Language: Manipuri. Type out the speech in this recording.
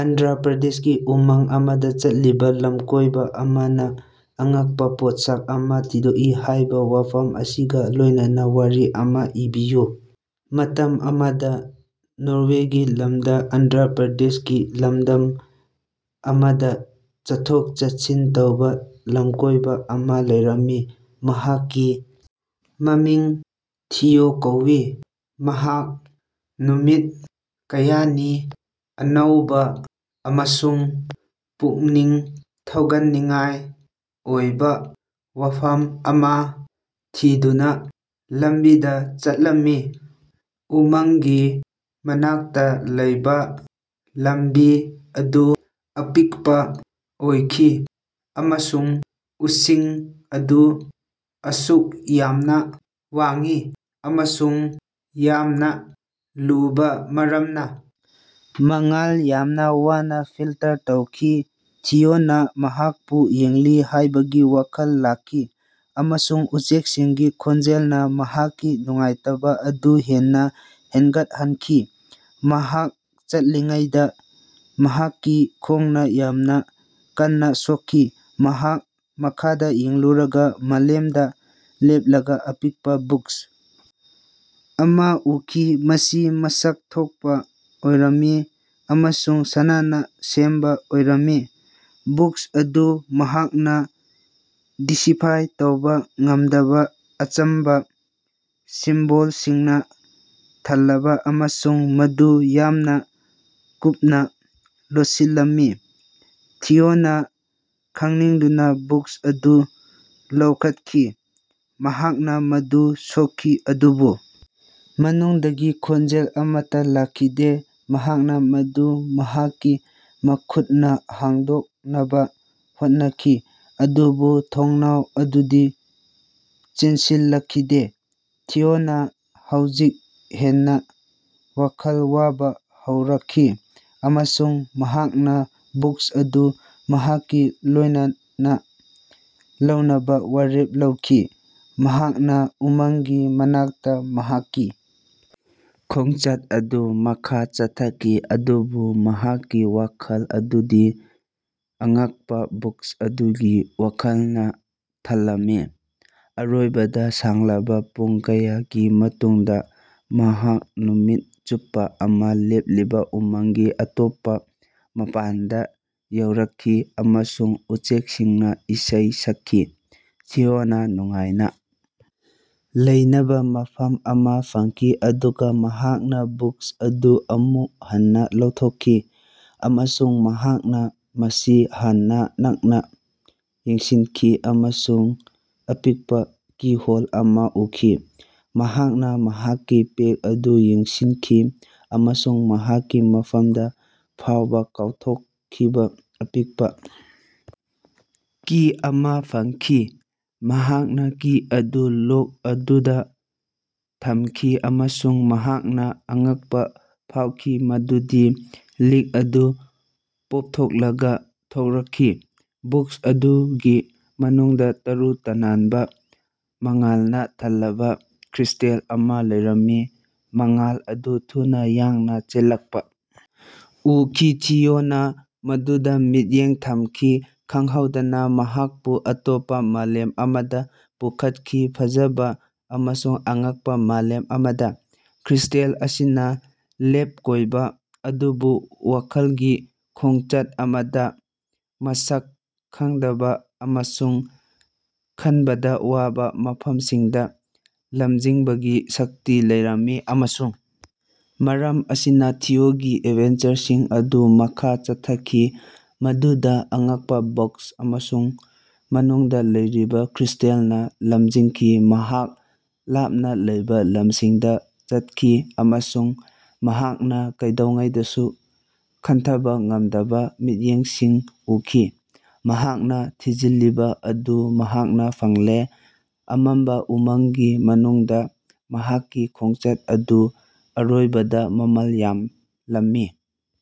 ꯑꯟꯙ꯭ꯔ ꯄ꯭ꯔꯗꯦꯁꯀꯤ ꯎꯃꯪ ꯑꯃꯗꯥ ꯆꯠꯂꯤꯕꯥ ꯂꯃꯀꯣꯏꯕꯥ ꯑꯃꯅꯥ ꯑꯉꯛꯄꯥ ꯄꯣꯠꯁꯛ ꯑꯃꯥ ꯊꯤꯗꯣꯛꯏ ꯍꯥꯏꯕꯥ ꯋꯥꯐꯝ ꯑꯁꯤꯒꯥ ꯂꯣꯏꯅꯅꯥ ꯋꯥꯔꯤ ꯑꯃꯥ ꯏꯕꯤꯌꯨ꯫ ꯃꯇꯝ ꯑꯃꯗꯥ ꯅꯣꯔꯦꯒꯤ ꯂꯝꯗꯥ ꯑꯟꯙ꯭ꯔ ꯄ꯭ꯔꯗꯦꯁꯀꯤ ꯂꯝꯗꯝ ꯑꯃꯗꯥ ꯆꯠꯊꯣꯛ ꯆꯠꯁꯤꯟ ꯇꯧꯕꯥ ꯂꯝꯀꯣꯏꯕꯥ ꯑꯃꯥ ꯂꯩꯔꯝꯃꯤ꯫ ꯃꯍꯥꯛꯀꯤ ꯃꯃꯤꯡ ꯊꯤꯑꯣ ꯀꯧꯏ ꯃꯍꯥꯛ ꯅꯨꯃꯤꯠ ꯀꯌꯥꯅꯤ ꯑꯅꯧꯕꯥ ꯑꯃꯁꯨꯡ ꯄꯨꯛꯅꯤꯡ ꯊꯧꯒꯠꯅꯤꯡꯉꯥꯏ ꯑꯣꯏꯕꯥ ꯋꯥꯐꯝ ꯑꯃꯥ ꯊꯤꯗꯨꯅꯥ ꯂꯝꯕꯤꯗꯥ ꯆꯠꯂꯝꯃꯤ꯫ ꯎꯃꯪꯒꯤ ꯃꯅꯨꯡꯗꯥ ꯂꯩꯕꯥ ꯂꯝꯕꯤ ꯑꯗꯨ ꯑꯄꯤꯛꯄꯥ ꯑꯣꯏꯈꯤ ꯑꯃꯁꯨꯡ ꯎꯁꯤꯡ ꯑꯗꯨ ꯑꯁꯨꯛ ꯌꯥꯝꯅꯥ ꯋꯥꯡꯏ ꯑꯃꯁꯨꯡ ꯌꯥꯝꯅꯥ ꯂꯨꯕꯥ ꯃꯔꯝꯅꯥ ꯃꯉꯥꯜ ꯌꯥꯝꯅꯥ ꯋꯥꯅꯥ ꯐꯤꯜꯇꯔ ꯇꯧꯈꯤ꯫ ꯊꯤꯑꯣꯅꯥ ꯃꯍꯥꯛꯄꯨ ꯌꯦꯡꯂꯤ ꯍꯥꯏꯕꯒꯤ ꯋꯥꯈꯜ ꯂꯥꯛꯈꯤ ꯑꯃꯁꯨꯡ ꯎꯆꯦꯛꯁꯤꯡꯒꯤ ꯈꯣꯟꯖꯦꯜꯅꯥ ꯃꯍꯥꯛꯀꯤ ꯅꯨꯡꯉꯥꯏꯇꯕꯥ ꯑꯗꯨ ꯍꯦꯟꯅꯥ ꯍꯦꯟꯒꯠꯍꯟꯈꯤ꯫ ꯃꯍꯥꯛ ꯆꯠꯂꯤꯉꯩꯗꯥ ꯃꯍꯥꯛꯀꯤ ꯈꯣꯡꯅꯥ ꯌꯥꯝꯅꯥ ꯀꯟꯅꯥ ꯁꯣꯛꯈꯤ꯫ ꯃꯍꯥꯛ ꯃꯈꯥꯗꯥ ꯌꯦꯡꯂꯨꯔꯒꯥ ꯃꯥꯂꯦꯝꯗꯥ ꯂꯦꯞꯂꯒꯥ ꯑꯄꯤꯛꯄꯥ ꯕꯣꯛꯁ ꯑꯃꯥ ꯎꯈꯤ꯫ ꯃꯁꯤ ꯃꯁꯛ ꯊꯣꯛꯄꯥ ꯑꯣꯏꯔꯝꯃꯤ ꯑꯃꯁꯨꯡ ꯁꯅꯥꯅꯥ ꯁꯦꯝꯕꯥ ꯑꯣꯏꯔꯝꯃꯤ꯫ ꯕꯣꯛꯁ ꯑꯗꯨ ꯃꯍꯥꯛꯅꯥ ꯗꯤꯁꯤꯐꯥꯏ ꯇꯧꯕꯥ ꯉꯝꯗꯕꯥ ꯑꯆꯝꯕꯥ ꯁꯤꯝꯕꯣꯜꯁꯤꯡꯅꯥ ꯊꯜꯂꯕꯥ ꯑꯃꯁꯨꯡ ꯃꯗꯨ ꯌꯥꯝꯅꯥ ꯀꯨꯞꯅꯥ ꯂꯣꯠꯁꯤꯜꯂꯝꯃꯤ꯫ ꯊꯤꯑꯣꯅꯥ ꯈꯪꯅꯤꯡꯗꯨꯅꯥ ꯕꯣꯛꯁ ꯑꯗꯨ ꯂꯧꯈꯠꯈꯤ꯫ ꯃꯍꯥꯛꯅꯥ ꯃꯗꯨ ꯁꯣꯛꯈꯤ ꯑꯗꯨꯕꯨ ꯃꯅꯨꯡꯗꯒꯤ ꯈꯣꯟꯖꯦꯜ ꯑꯃꯠꯇꯥ ꯂꯥꯛꯈꯤꯗꯦ꯫ ꯃꯍꯥꯛꯅꯥ ꯃꯗꯨ ꯃꯍꯥꯛꯀꯤ ꯃꯈꯨꯠꯅꯥ ꯍꯥꯡꯗꯣꯛꯅꯕꯥ ꯍꯣꯠꯅꯈꯤ ꯑꯗꯨꯕꯨ ꯊꯣꯡꯅꯥꯎ ꯑꯗꯨꯗꯤ ꯆꯦꯟꯁꯤꯜꯂꯛꯈꯤꯗꯦ꯫ ꯊꯤꯑꯣꯅꯥ ꯍꯧꯖꯤꯛ ꯍꯦꯟꯅꯥ ꯋꯥꯈꯜ ꯋꯥꯕꯥ ꯍꯧꯔꯛꯈꯤ ꯑꯃꯁꯨꯡ ꯃꯍꯥꯛꯅꯥ ꯕꯣꯛꯁ ꯑꯗꯨ ꯃꯍꯥꯛꯀꯥ ꯂꯣꯏꯅꯅꯥ ꯂꯧꯅꯕꯥ ꯋꯥꯔꯦꯞ ꯂꯧꯈꯤ꯫ ꯃꯍꯥꯛꯅꯥ ꯎꯃꯪꯒꯤ ꯃꯅꯨꯡꯗꯥ ꯃꯍꯥꯛꯀꯤ ꯈꯣꯡꯆꯠ ꯑꯗꯨ ꯃꯈꯥ ꯆꯠꯊꯈꯤ ꯑꯗꯨꯕꯨ ꯃꯍꯥꯛꯀꯤ ꯋꯥꯈꯜ ꯑꯗꯨꯗꯤ ꯑꯉꯛꯄꯥ ꯕꯣꯛꯁ ꯑꯗꯨꯒꯤ ꯋꯥꯈꯜꯅꯥ ꯊꯜꯂꯝꯃꯤ꯫ ꯑꯔꯣꯏꯕꯗꯥ ꯁꯥꯡꯂꯕꯥ ꯄꯨꯡ ꯀꯌꯥꯒꯤ ꯃꯇꯨꯡꯗꯥ ꯃꯍꯥꯛ ꯅꯨꯃꯤꯠ ꯆꯨꯞꯄꯥ ꯑꯃꯥ ꯂꯦꯞꯂꯤꯕꯥ ꯎꯃꯪꯒꯤ ꯑꯇꯣꯞꯄꯥ ꯃꯄꯥꯟꯗꯥ ꯌꯧꯔꯛꯈꯤ ꯑꯃꯁꯨꯡ ꯎꯆꯦꯛꯁꯤꯡꯅꯥ ꯏꯁꯩ ꯁꯛꯈꯤ꯫ ꯊꯤꯑꯣꯅꯥ ꯅꯨꯡꯉꯥꯏꯅꯥ ꯂꯩꯅꯕꯥ ꯃꯐꯝ ꯑꯃꯥ ꯐꯪꯈꯤ ꯑꯗꯨꯒꯥ ꯃꯍꯥꯛꯅꯥ ꯕꯣꯛꯁ ꯑꯗꯨ ꯑꯃꯨꯛ ꯍꯟꯅꯥ ꯂꯧꯊꯣꯛꯈꯤ꯫ ꯃꯍꯥꯛꯅꯥ ꯃꯁꯤ ꯍꯦꯟꯅꯥ ꯅꯛꯅꯥ ꯌꯦꯡꯁꯤꯟꯈꯤ ꯑꯃꯁꯨꯡ ꯑꯄꯤꯛꯄꯥ ꯀꯤ ꯍꯣꯜ ꯑꯃꯥ ꯎꯈꯤ꯫ ꯃꯍꯥꯛꯅꯥ ꯃꯍꯥꯛꯀꯤ ꯄꯦꯛ ꯑꯗꯨ ꯌꯦꯡꯁꯤꯟꯈꯤ ꯑꯃꯁꯨꯡ ꯃꯍꯥꯛꯀꯤ ꯃꯐꯝꯗꯥ ꯐꯥꯎꯕꯥ ꯀꯥꯎꯊꯣꯛꯈꯤꯕꯥ ꯑꯄꯤꯛꯄꯥ ꯀꯤ ꯑꯃꯥ ꯐꯪꯈꯤ꯫ ꯃꯍꯥꯛꯅꯥ ꯀꯤ ꯑꯗꯨ ꯂꯣꯛ ꯑꯗꯨꯗꯥ ꯊꯝꯈꯤ ꯑꯃꯁꯨꯡ ꯃꯍꯥꯛꯅꯥ ꯑꯉꯛꯄꯥ ꯐꯥꯎꯈꯤ ꯃꯗꯨꯗꯤ ꯂꯤꯛ ꯑꯗꯨ ꯄꯣꯞꯊꯣꯛꯂꯒꯥ ꯊꯣꯔꯛꯈꯤ꯫ ꯕꯣꯛꯁ ꯑꯗꯨꯒꯤ ꯃꯅꯨꯡꯗꯥ ꯇꯔꯨ ꯇꯅꯥꯟꯕꯥ ꯃꯉꯥꯜꯅꯥ ꯊꯜꯂꯕꯥ ꯀ꯭ꯔꯤꯁ꯭ꯇꯦꯜ ꯑꯃꯥ ꯂꯩꯔꯝꯃꯤ꯫ ꯃꯉꯥꯜ ꯑꯗꯨ ꯊꯨꯅꯥ ꯌꯥꯡꯅꯥ ꯆꯦꯜꯂꯛꯄꯥ ꯎꯈꯤ ꯊꯤꯑꯣꯅꯥ ꯃꯗꯨꯗꯥ ꯃꯤꯠꯌꯦꯡ ꯊꯝꯈꯤ꯫ ꯈꯪꯍꯧꯗꯅꯥ ꯃꯍꯥꯛꯄꯨ ꯑꯇꯣꯞꯄꯥ ꯃꯥꯂꯦꯝ ꯑꯃꯗꯥ ꯄꯨꯈꯠꯈꯤ ꯐꯖꯕꯥ ꯑꯃꯁꯨꯡ ꯑꯉꯛꯄꯥ ꯃꯥꯂꯦꯝ ꯑꯃꯗꯥ꯫ ꯀ꯭ꯔꯤꯁ꯭ꯇꯦꯜ ꯑꯁꯤꯅꯥ ꯂꯞꯀꯣꯏꯕꯥ ꯑꯗꯨꯕꯨ ꯋꯥꯈꯜꯒꯤ ꯈꯣꯡꯆꯠ ꯑꯃꯗꯥ ꯃꯁꯛ ꯈꯪꯗꯕꯥ ꯑꯃꯁꯨꯡ ꯈꯟꯕꯗꯥ ꯋꯥꯕꯥ ꯃꯐꯝꯁꯤꯡꯗꯥ ꯂꯝꯖꯤꯡꯕꯒꯤ ꯁꯛꯇꯤ ꯂꯩꯔꯝꯃꯤ꯫ ꯑꯃꯁꯨꯡ ꯃꯔꯝ ꯑꯁꯤꯅꯥ ꯊꯤꯑꯣꯒꯤ ꯑꯦꯗꯚꯦꯟꯆꯔꯁꯤꯡ ꯑꯗꯨ ꯃꯈꯥ ꯆꯠꯊꯈꯤ ꯃꯗꯨꯗꯥ ꯑꯉꯛꯄꯥ ꯕꯣꯛꯁ ꯑꯃꯁꯨꯡ ꯃꯅꯨꯡꯗꯥ ꯂꯩꯔꯤꯕꯥ ꯀ꯭ꯔꯤꯁ꯭ꯇꯦꯜꯅꯥ ꯂꯝꯖꯤꯡꯈꯤ꯫ ꯃꯍꯥꯛ ꯂꯥꯞꯅꯥ ꯂꯩꯕꯥ ꯂꯝꯁꯤꯡꯗꯥ ꯆꯠꯈꯤ ꯑꯃꯁꯨꯡ ꯃꯍꯥꯛꯅꯥ ꯀꯩꯗꯧꯉꯩꯗꯁꯨ ꯈꯟꯊꯕꯥ ꯉꯝꯗꯕꯥ ꯃꯤꯠꯌꯦꯡꯁꯤꯡ ꯎꯈꯤ꯫ ꯃꯍꯥꯛꯅꯥ ꯊꯤꯖꯤꯜꯂꯤꯕꯥ ꯑꯗꯨ ꯃꯍꯥꯛꯅꯥ ꯐꯪꯂꯦ ꯑꯃꯝꯕꯥ ꯎꯃꯪꯒꯤ ꯃꯅꯨꯡꯗꯥ ꯃꯍꯥꯛꯀꯤ ꯈꯣꯡꯆꯠ ꯑꯗꯨ ꯑꯔꯣꯏꯕꯗꯥ ꯃꯃꯜ ꯌꯥꯝꯂꯝꯃꯤ꯫